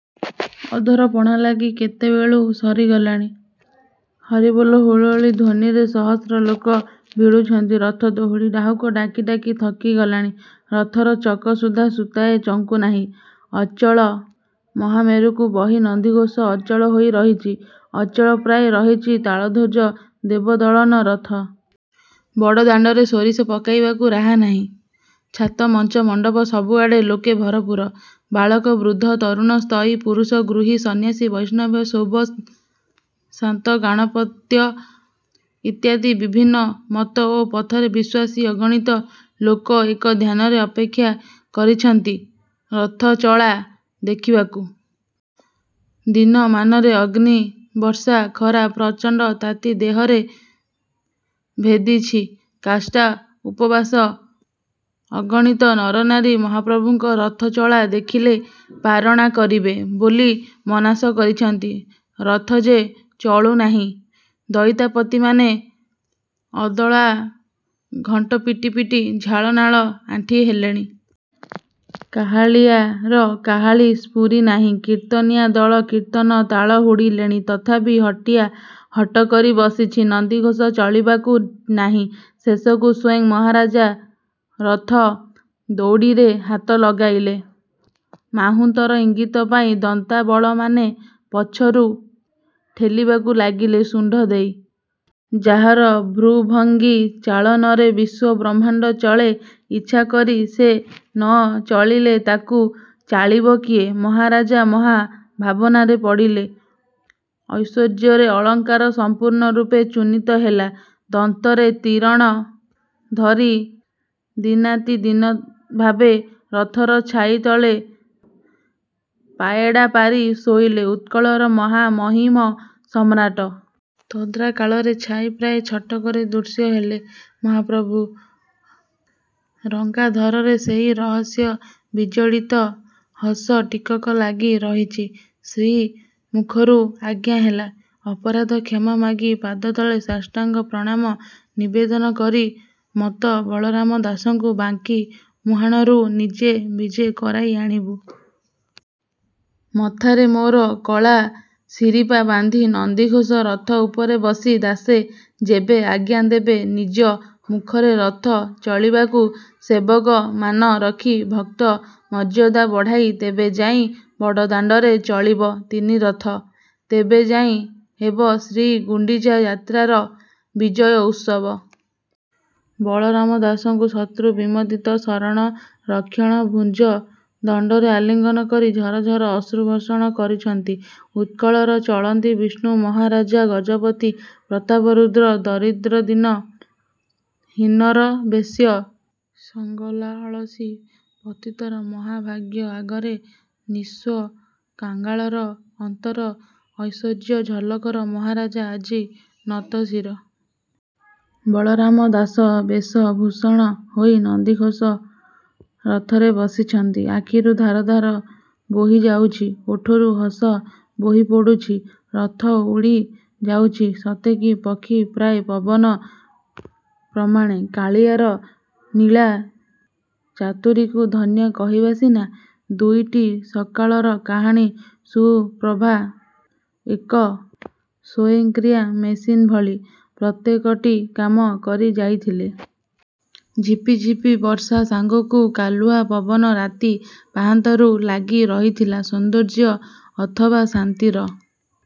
ଅଧର ପଣା ଲାଗି କେତେ ବେଳୁ ସରିଗଲାଣି। ହରିବୋଲ ହୁଳହୁଳି ଧ୍ୱନିରେ ସହସ୍ର ଲୋକ ଭିଡ଼ୁଛନ୍ତି ରଥ ଦଉଡ଼ି। ଡାହୁକ ଡାକି ଡାକି ଥକି ଗଲାଣି। ରଥର ଚକ ସୁଦ୍ଧା ସୂତାଏ ଚଙ୍କୁ ନାହିଁ। ଅଚଳ ମହାମେରୁଙ୍କୁ ବହି ନନ୍ଦିଘୋଷ ଅଚଳ ହୋଇ ରହିଛି। ଅଚଳ ପ୍ରାୟ ରହିଛି ତାଳଧ୍ୱଜ, ଦେବ ଦଳନ ରଥ। ବଡ଼ ଦାଣ୍ଡରେ ସୋରିଷ ପକାଇବାକୁ ରାହା ନାହିଁ। ଛାତ, ମଞ୍ଚ, ମଣ୍ଡପ ସବୁ ଆଡ଼େ ଲୋକ ଭରପୁର। ବାଳକ, ବୃଦ୍ଧ, ତରୁଣ, ସ୍ତୟୀ, ପୁରୁଷ, ଗୃହୀ, ସନ୍ନ୍ୟାସୀ, ବୈଷ୍ଣବ, ଶୈବ, ଶାକ୍ତ, ଗାଣପତ୍ୟ ଇତ୍ୟାଦି ବିଭିନ୍ନ ମତ ଓ ପଥରେ ବିଶ୍ୱାସୀ ଅଗଣିତ ଲୋକ ଏକ ଧ୍ୟାନରେ ଅପେକ୍ଷା କରିଛନ୍ତି ରଥଚଳା ଦେଖିବାକୁ। ଦିନମାନରେ ଅଗ୍ନି ବର୍ଷା ଖରା, ପ୍ରଚଣ୍ଡ ତାତି ଦେହରେ ଭେଦିଛି। କାଷ୍ଠା ଉପବାସି ଅଗଣିତ ନରନାରୀ, ମହାପ୍ରଭୁଙ୍କ ରଥ ଚଳା ଦେଖିଲେ ପାରଣା କରିବେ ବୋଲି ମନାଶ କରିଛନ୍ତି। ରଥ ଯେ ଚଳୁ ନାହିଁ? ଦଇତାପତିମାନେ ଅଦଳଆ ଘଣ୍ଟ ପିଟି ପିଟି ଝାଳ ନାଳ ଆଣ୍ଠିଏ ହେଲେଣି। କାହାଳିଆର କାହାଳୀ ସ୍ଫୁରୁ ନାହିଁ। କୀର୍ତ୍ତନିଆ ଦଳ କୀର୍ତ୍ତନର ତାଳ ହୁଡ଼ିଲେଣି ତଥାପି ହଟିଆ ହଟ କରି ବସିଛି। ନନ୍ଦିଘୋଷ ଚଳିବାକୁ ନାହିଁ। ଶେଷକୁ ସ୍ୱୟଂ ମହାରାଜା ରଥ ଦଉଡ଼ିରେ ହାତ ଲଗାଇଲେ। ମାହୁନ୍ତର ଇଙ୍ଗିତ ପାଇ ଦନ୍ତାବଳମାନେ ପଛରୁ ଠେଲିବାକୁ ଲାଗିଲେ ଶୁଣ୍ଢ ଦେଇ। ଯାହାର ଭ୍ରୂଭଙ୍ଗୀ ଚାଳନାରେ ବିଶ୍ୱ ବ୍ରହ୍ମାଣ୍ଡ ଚଳେ। ଇଚ୍ଛା କରି ସେ ନ ଚଳିରେ ତାକୁ ଚାଳିବ କିଏ? ମହାରାଜା ମହା ଭାବନାରେ ପଡ଼ିଲେ ଐଶ୍ୱର୍ଯ୍ୟର ଅହଙ୍କାର ସଂପୂର୍ଣ୍ଣ ରୂପେ ଚୂର୍ଣ୍ଣିତ ହେଲା। ଦନ୍ତରେ ତୀରଣ ଧରି ଦୀନାତି ଦୀନ ଭାବେ, ରଥର ଛାଇ ତଳେ, ପାଏଡ଼ା ପାରି ଶୋଇଲେ ଉତ୍କଳର ମହାମହିମ ସମ୍ରାଟ। ତନ୍ଦ୍ରା କାଳରେ ଛାଇ ପ୍ରାୟ ଛଟକରେ ଦୃଶ୍ୟ ହେଲେ ମହାପ୍ରଭୁ। ରଙ୍ଗାଧରରେ ସେଇ ରହସ୍ୟ ବିଜଡ଼ିତ ହସ ଟିକକ ଲାଗି ରହିଛି ଶ୍ରୀ ମୁଖରୁ ଆଜ୍ଞା ହେଲା ଅପରାଧ କ୍ଷମା ମାଗି ପାଦ ତଳେ ସାଷ୍ଟାଙ୍ଗ ପ୍ରଣାମ ନିବେଦନ କରି, ମତ୍ତ ବଳରାମ ଦାସଙ୍କୁ ବାଙ୍କି ମୁହାଣରୁ ନିଜେ ବିଜେ କରାଇ ଆଣିବୁ। ମଥାରେ। ମୋର କଳା ଶିରୀପା ବାନ୍ଧି, ନନ୍ଦିଘୋଷ ରଥ ଉପରେ ବସି ଦାସେ ଯେବେ ଆଜ୍ଞା ଦେବେ ନିଜ ମୁଖରେ ରଥ ଚଳିବାକୁ। ସେବକ ମାନ ରଖି ଭକ୍ତ ମର୍ଯ୍ୟାଦା ବଢ଼ାଇ ତେବେ ଯାଇ ବଡ଼ ଦାଣ୍ଡରେ ଚଳିବ ତିନିରଥ। ତେବେ ଯାଇ ହେବ ଶ୍ରୀ ଗୁଣ୍ଡିଚା ଯାତ୍ରାର ବିଜୟ ଉତ୍ସବ। ବଳରାମ ଦାସଙ୍କୁ ଶତ୍ରୁ ବିମର୍ଦିତ, ଶରଣ ରକ୍ଷଣ ଭୂଜ ଦଣ୍ଡରେ ଆଲିଙ୍ଗନ କରି ଝର ଝର ଅଶ୍ରୁ ବର୍ଷଣ କରୁଛନ୍ତି ଉତ୍କଳର ଚଳନ୍ତି ବିଷ୍ଣୁ, ମହାରାଜାଗଜପତି ପ୍ରତାପରୁଦ୍ର। ଦରିଦ୍ର ଦୀନ ହୀନର, ବେଶ୍ୟା ସଂଗଲାଳସୀ ପତିତର, ମହାଭାଗ୍ୟ ଆଗରେ, ନିଃସ୍ୱ କାଙ୍ଗାଳର, ଅନ୍ତର ଐଶ୍ୱର୍ଯ୍ୟ ଝଲକର ମହାରାଜ ଆଜି ନତଶିର। ବଳରାମ ଦାସ ବେଶ ବିଭୂଷଣ ହୋଇ ନନ୍ଦିଘୋଷ ରଥରେ ବସିଛନ୍ତି। ଆଖିରୁ ଧାର ଧାର ବୋହି ଯାଉଛି, ଓଠରୁ ହସ ବୋହି ପଡ଼ୁଛି। ରଥ ଉଡ଼ି ଯାଉଛି ସତେକି ପକ୍ଷୀ ପ୍ରାୟ ପବନ ପ୍ରମାଣେ। କାଳିଆର ଲୀଳା ଚାତୁରୀକୁ ଧନ୍ୟ କହିବା ସିନା? ଦୁଇଟି ସକାଳର କାହାଣୀ ସୁପ୍ରଭା ଏକ ସ୍ୱୟଂକ୍ରିୟ ମେସିନ୍ ଭଳି, ପ୍ରତ୍ୟେକଟି କାମ କରି ଯାଉଥିଲେ। ଝିପି ଝିପି ବର୍ଷା ସାଙ୍ଗକୁ କାଲୁଆ ପବନ ରାତି ପାହାନ୍ତାରୁ ଲାଗି ରହିଥିଲା, ସୌନ୍ଦର୍ଯ୍ୟ ଅଥବା ଶାନ୍ତିର